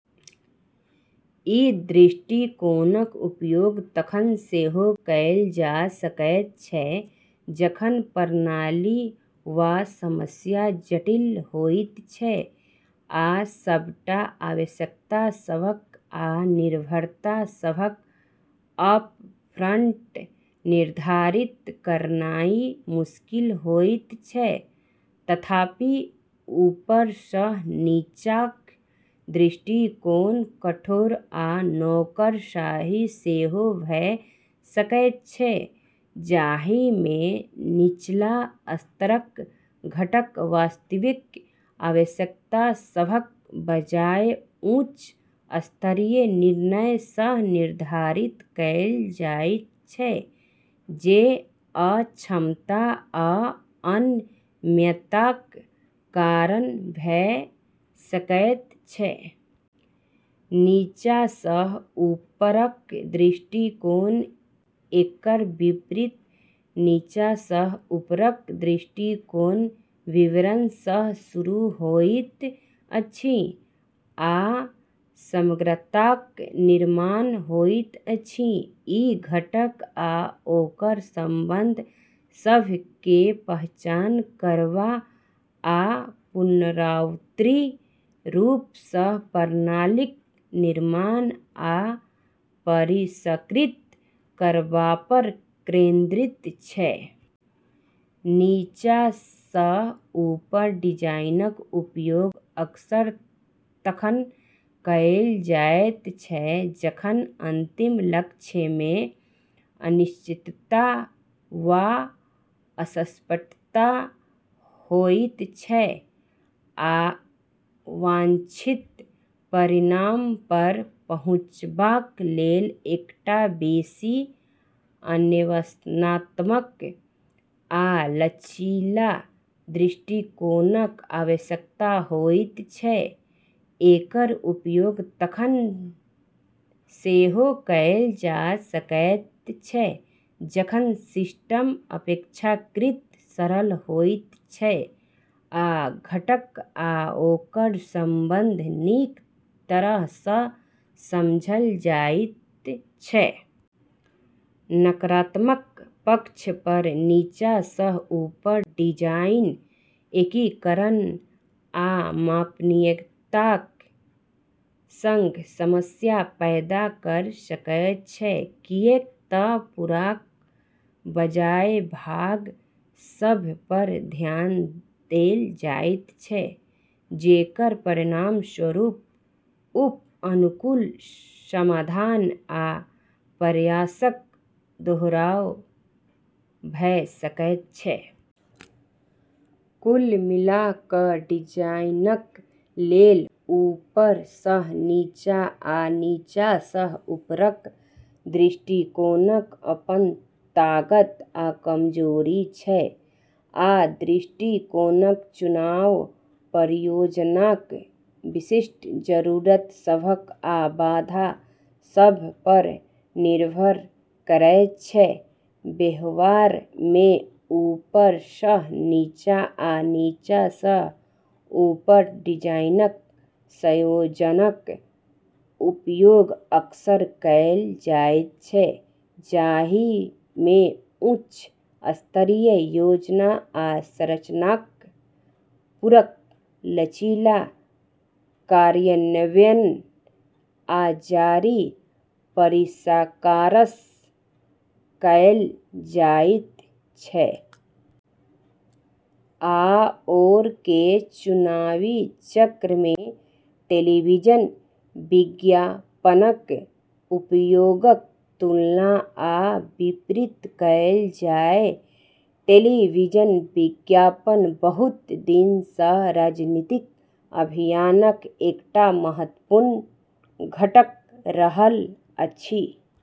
ई दृष्टिकोणक उपयोग तखन सेहो कएल जा सकैत छै जखन प्रणाली वा समस्या जटिल होइत छै, आ सबटा आवश्यकता सभक आ निर्भरता सभक अपफ्रंट निर्धारित करनाइ मुश्किल होइत छै। तथापि, ऊपरसँ नीचाक दृष्टिकोण कठोर आ नौकरशाही सेहो भऽ सकैत छै, जाहिमे निचला स्तरक घटक वास्तविक आवश्यकता सभक बजाय उच्च स्तरीय निर्णयसँ निर्धारित कएल जाइत छै, जे अक्षमता आ अनम्यताक कारण भऽ सकैत छै। नीचाँसँ ऊपरक दृष्टिकोण: एकर विपरीत नीचाँसँ ऊपरक दृष्टिकोण विवरणसँ शुरू होइत अछि आ समग्रताक निर्माण होइत अछि। ई घटक आ ओकर संबंध सभकेँ पहचान करबा आ पुनरावर्ती रूपसँ प्रणालीक निर्माण आ परिष्कृत करबापर केंद्रित छै। नीचाँसँ ऊपर डिजाइनक उपयोग अक्सर तखन कएल जाइत छै जखन अंतिम लक्ष्यमे अनिश्चितता वा अस्पष्टता होइत छै, आ वांछित परिणामपर पहुँचबाक लेल एकटा बेसी अन्वेषणात्मक आ लचीला दृष्टिकोणक आवश्यकता होइत छै। एकर उपयोग तखन सेहो कएल जा सकैत छै जखन सिस्टम अपेक्षाकृत सरल होइत छै, आ घटक आ ओकर संबंध नीक तरहसँ समझल जाइत छै। नकारात्मक पक्षपर, नीचाँसँ ऊपर डिजाइन एकीकरण आ मापनीयताक संग समस्या पैदा कऽ सकैत छै, किऐक तऽ पूराक बजाय भाग सभपर ध्यान देल जाइत छै, जेकर परिणामस्वरूप उप-अनुकूल समाधान वा प्रयासक दोहराव भऽ सकैत छै। कुल मिला कऽ, डिजाइनक लेल ऊपरसँ नीचा आ नीचासँ ऊपरक दृष्टिकोणक अपन ताकत आ कमजोरी छै, आ दृष्टिकोणक चुनाव परियोजनाक विशिष्ट जरूरत सभक आ बाधा सभपर निर्भर करैत छै। व्यवहारमे, ऊपरसँ नीचा आ नीचासँ ऊपर डिजाइनक संयोजनक उपयोग अक्सर कएल जाइत छै, जाहिमे उच्च स्तरीय योजना आ संरचनाक पूरक लचीला कार्यान्वयन आ जारी परिष्कारसँ कएल जाइत छै। आओरके चुनावी चक्रमे टेलीविजन विज्ञापनक उपयोगक तुलना आ विपरीत कएल जाय। टेलीविजन विज्ञापन बहुत दिनसँ राजनीतिक अभियानक एकटा महत्वपूर्ण घटक रहल अछि।